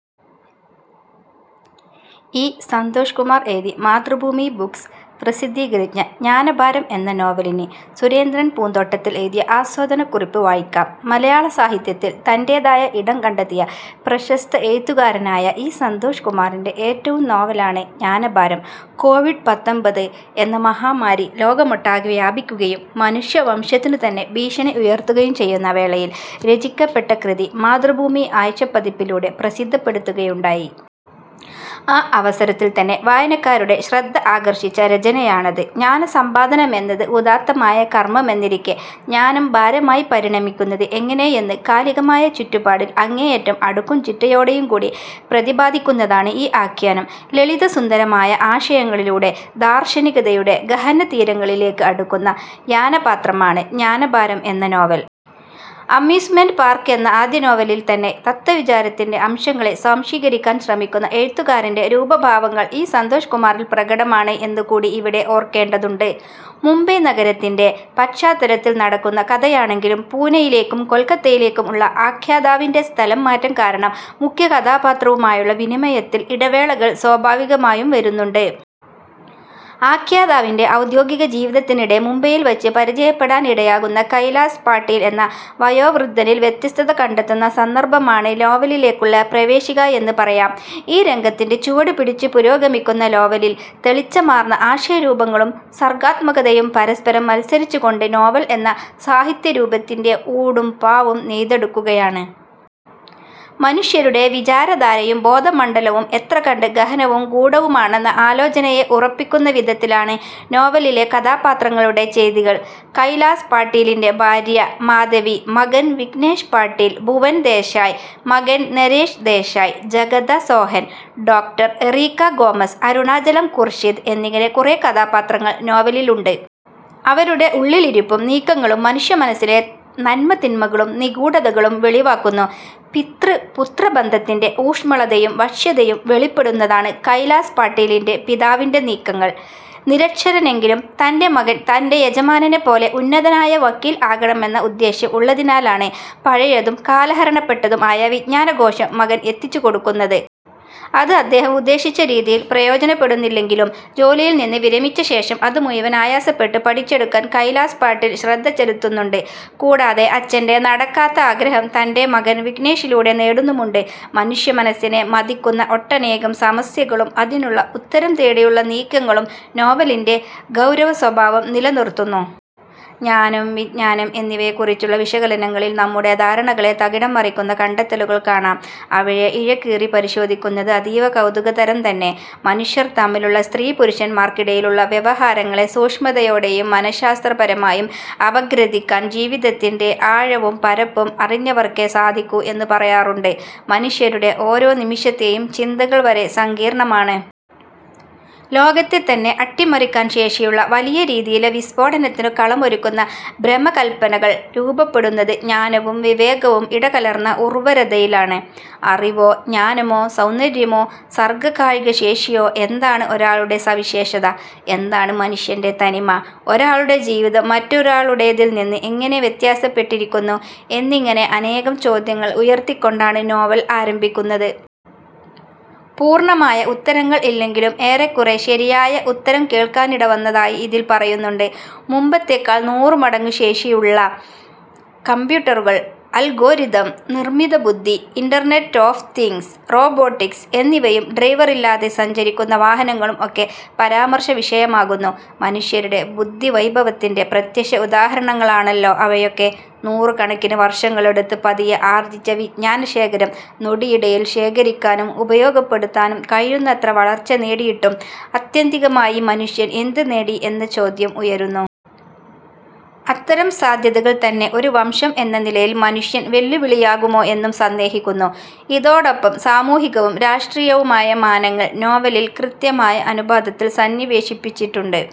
E. Santhoshkumar എഴുതി Mathrubhumi books പ്രസിദ്ധീകരിച്ച ' ജ്ഞാനഭാരം ' എന്ന നോവലിന് സുരേന്ദ്രൻ പൂന്തോട്ടത്തിൽ എഴുതിയ ആസ്വാദനക്കുറിപ്പ് വായിക്കാം. മലയാള സാഹിത്യത്തിൽ തന്‍റേതായ ഇടം കണ്ടെത്തിയ പ്രശസ്ത എഴുത്തുകാരനായ ഇ. സന്തോഷ് കുമാറിന്‍റെ ഏറ്റവും നോവലാണ് '' ജ്ഞാനഭാരം ''. കോവിഡ് പത്തൊൻബത്ത് എന്ന മഹാമാരി ലോകമൊട്ടാകെ വ്യാപിക്കുകയും മനുഷ്യവംശത്തിനു തന്നെ ഭീഷണി ഉയർത്തുകയും ചെയ്യുന്ന വേളയിൽ രചിക്കപ്പെട്ട കൃതി മാതൃഭൂമി ആഴ്ചപ്പതിപ്പിലൂടെ പ്രസിദ്ധപ്പെടുത്തുകയുണ്ടായി. ആ അവസരത്തിൽ തന്നെ വായനക്കാരുടെ ശ്രദ്ധ ആകർഷിച്ച രചനയാണത്. ജ്ഞാനസമ്പാദനമെന്നത് ഉദാത്തമായ കർമ്മമെന്നിരിക്കെ ജ്ഞാനം ഭാരമായി പരിണമിക്കുന്നത് എങ്ങനെയെന്ന് കാലികമായ ചുറ്റുപാടിൽ അങ്ങേയറ്റം അടുക്കും ചിട്ടയോടെയും കൂടി പ്രതിപാദിക്കുന്നതാണ് ഈ ആഖ്യാനം. ലളിതസുന്ദരമായ ആശയങ്ങളിലൂടെ ദാർശനികതയുടെ ഗഹനതീരങ്ങളിലേക്ക് അടുക്കുന്ന യാനപാത്രമാണ് ' ജ്ഞാനഭാരം ' എന്ന നോവൽ. ' അമ്യൂസ്മെന്‍റ് പാർക്ക് ' എന്ന ആദ്യനോവലിൽ തന്നെ തത്വവിചാരത്തിന്റെ അംശങ്ങളെ സ്വാംശീകരിക്കാൻ ശ്രമിക്കുന്ന എഴുത്തുകാരന്‍റെ രൂപഭാവങ്ങൾ ഇ. സന്തോഷ്കുമാറിൽ പ്രകടമാണ് എന്ന് കൂടി ഇവിടെ ഓർക്കേണ്ടതുണ്ട്. മുംബൈ നഗരത്തിന്‍റെ പശ്ചാത്തലത്തിൽ നടക്കുന്ന കഥയാണെങ്കിലും പൂനയിലേക്കും കൊൽക്കത്തയിലേക്കും ഉള്ള ആഖ്യാതാവിന്‍റെ സ്ഥലംമാറ്റം കാരണം മുഖ്യകഥാപാത്രവുമായുള്ള വിനിമയത്തിൽ ഇടവേളകൾ സ്വാഭാവികമായും വരുന്നുണ്ട്. ആഖ്യാതാവിന്‍റെ ഔദ്യോഗിക ജീവിതത്തിനിടെ മുംബൈയിൽ വച്ച് പരിചയപ്പെടാൻ ഇടയാകുന്ന കൈലാസ് പാട്ടീൽ എന്ന വയോവൃദ്ധനിൽ വ്യത്യസ്തത കണ്ടെത്തുന്ന സന്ദർഭമാണ് നോവലിലേക്കുള്ള പ്രവേശിക എന്ന് പറയാം. ഈ രംഗത്തിന്‍റെ ചുവടുപിടിച്ചു പുരോഗമിക്കുന്ന നോവലിൽ തെളിച്ചമാർന്ന ആശയരൂപങ്ങളും സർഗാത്മകതയും പരസ്പരം മത്സരിച്ചുകൊണ്ട് ' നോവൽ ' എന്ന സാഹിത്യരൂപത്തിന്റെ ഊടും പാവും നെയ്തെടുക്കുകയാണ്. മനുഷ്യരുടെ വിചാരധാരയും ബോധമണ്ഡലവും എത്രകണ്ട് ഗഹനവും ഗൂഢവുമാണെന്ന ആലോചനയെ ഉറപ്പിക്കുന്നവിധത്തിലാണ് നോവലിലെ കഥാപാത്രങ്ങളുടെ ചെയ്തികൾ. കൈലാസ് പാട്ടീലിന്‍റെ ഭാര്യ മാധവി, മകൻ വിഘ്നേഷ് പാട്ടീൽ, ഭുവൻ ദേശായ്, മകൻ നരേഷ് ദേശായ്, ജഗദ, സോഹൻ, ഡോ. എറീക്ക ഗോമസ് അരുണാചലം ഖുർഷിദ് എന്നിങ്ങനെ കുറെ കഥാപാത്രങ്ങൾ നോവലിലുണ്ട്. അവരുടെ ഉള്ളിലിരിപ്പും നീക്കങ്ങളും മനുഷ്യമനസ്സിലെ നന്മതിന്മകളും നിഗൂഢതകളും വെളിവാക്കുന്നു. പിതൃ-പുത്ര ബന്ധത്തിന്‍റെ ഊഷ്മളതയും വശ്യതയും വെളിപ്പെടുന്നതാണ് കൈലാസ് പാട്ടീലിന്‍റെ പിതാവിന്‍റെ നീക്കങ്ങൾ. നിരക്ഷരനെങ്കിലും തന്‍റെ മകൻ തന്‍റെ യജമാനനെ പോലെ ഉന്നതനായ വക്കീൽ ആകണമെന്ന ഉദ്ദേശ്യം ഉള്ളതിനാലാണ് പഴയതും കലഹരണപ്പെട്ടതും ആയ വിജ്ഞാനകോശം മകൻ എത്തിച്ചു കൊടുക്കുന്നത്. അത് അദ്ദേഹം ഉദ്ദേശിച്ച രീതിയിൽ പ്രയോജനപ്പെടുന്നില്ലെങ്കിലും, ജോലിയിൽ നിന്ന് വിരമിച്ച ശേഷം അതു മുഴുവൻ ആയാസപ്പെട്ട് പഠിച്ചെടുക്കാൻ കൈലാസ് പാട്ടീൽ ശ്രദ്ധ ചെലുത്തുന്നുണ്ട്. കൂടാതെ അച്ഛന്‍റെ നടക്കാത്ത ആഗ്രഹം തന്‍റെ മകൻ വിഘ്നേഷിലൂടെ നേടുന്നുമുണ്ട്. മനുഷ്യമനസ്സിനെ മഥിക്കുന്ന ഒട്ടനേകം സമസ്യകളും അതിനുള്ള ഉത്തരം തേടിയുള്ള നീക്കങ്ങളും നോവലിന്‍റെ ഗൗരവസ്വഭാവം നിലനിർത്തുന്നു. ജ്ഞാനം വിജ്ഞാനം എന്നിവയെ കുറിച്ചുള്ള വിശകലനങ്ങളിൽ നമ്മുടെ ധാരണകളെ തകിടം മറിക്കുന്ന കണ്ടെത്തലുകൾ കാണാം. അവയെ ഇഴകീറി പരിശോധിക്കുന്നത് അതീവ കൗതുകതരം തന്നെ. മനുഷ്യർ തമ്മിലുള്ള -സ്ത്രീ, പുരുഷന്മാർക്കിടയിലുള്ള- വ്യവഹാരങ്ങളെ സൂക്ഷ്മതയോടെയും മന:ശാസ്ത്രപരമായും അപഗ്രഥിക്കാൻ ജീവിതത്തിന്‍റെ ആഴവും പരപ്പും അറിഞ്ഞവർക്കേ സാധിക്കൂ എന്ന് പറയാറുണ്ട്. മനുഷ്യരുടെ ഓരോ നിമിഷത്തെയും ചിന്തകൾ വരെ സങ്കീർണമാണ്. ലോകത്തെ തന്നെ അട്ടിമറിക്കാൻ ശേഷിയുള്ള, വലിയ രീതിയിലെ വിസ്ഫോടനത്തിനു കളമൊരുക്കുന്ന ഭ്രമകല്പനകൾ രൂപപ്പെടുന്നത് ജ്ഞാനവും വിവേകവും ഇടകലർന്ന ഉർവ്വരതയിലാണ്. അറിവോ ജ്ഞാനമോ സൗന്ദര്യമോ സർഗ്ഗകായികശേഷിയോ എന്താണ് ഒരാളുടെ സവിശേഷത? എന്താണ് മനുഷ്യന്‍റെ തനിമ? ഒരാളുടെ ജീവിതം മറ്റൊരാളുടേതിൽനിന്ന് എങ്ങനെ വ്യത്യാസപ്പെട്ടിരിക്കുന്നു? എന്നിങ്ങനെ അനേകം ചോദ്യങ്ങൾ ഉയർത്തിക്കൊണ്ടാണ് നോവൽ ആരംഭിക്കുന്നത്. പൂർണ്ണമായ ഉത്തരങ്ങൾ ഇല്ലെങ്കിലും ഏറെക്കുറെ ശരിയായ ഉത്തരം കേൾക്കാനിടവന്നതായി ഇതിൽ പറയുന്നുണ്ട്. മുമ്പത്തേക്കാൾ നൂറു മടങ്ങു ശേഷിയുള്ള കമ്പൂട്ടറുകൾ, അൽഗോരിതം, നിർമ്മിതബുദ്ധി, ഇന്റർനെറ്റ് ഓഫ് തിങ്ങ്സ്, റോബോട്ടിക്സ് എന്നിവയും ഡ്രൈവറില്ലാതെ സഞ്ചരിക്കുന്ന വാഹനങ്ങളും ഒക്കെ പരാമർശ വിഷയമാകുന്നു. മനുഷ്യരുടെ ബുദ്ധിവൈഭവത്തിന്റെ പ്രത്യക്ഷ ഉദാഹരണങ്ങളാണല്ലോ അവയൊക്കെ. നൂറുകണക്കിന് വർഷങ്ങളെടുത്ത് പതിയെ ആർജ്ജിച്ച വിജ്ഞാനശേഖരം നൊടിയിടയിൽ ശേഖരിക്കാനും ഉപയോഗപ്പെടുത്താനും കഴിയുന്നത്ര വളർച്ച നേടിയിട്ടും ആത്യന്തികമായി മനുഷ്യൻ എന്തുനേടി എന്ന ചോദ്യം ഉയരുന്നു. അത്തരം സാധ്യതകൾ തന്നെ ഒരു വംശം എന്ന നിലയിൽ മനുഷ്യൻ വെല്ലുവിളിയാകുമോ എന്നും സന്ദേഹിക്കുന്നു. ഇതോടൊപ്പം സാമൂഹികവും രാഷ്ട്രീയവുമായ മാനങ്ങൾ നോവലിൽ കൃത്യമായ അനുപാതത്തിൽ സന്നിവേശിപ്പിച്ചിട്ടുണ്ട്.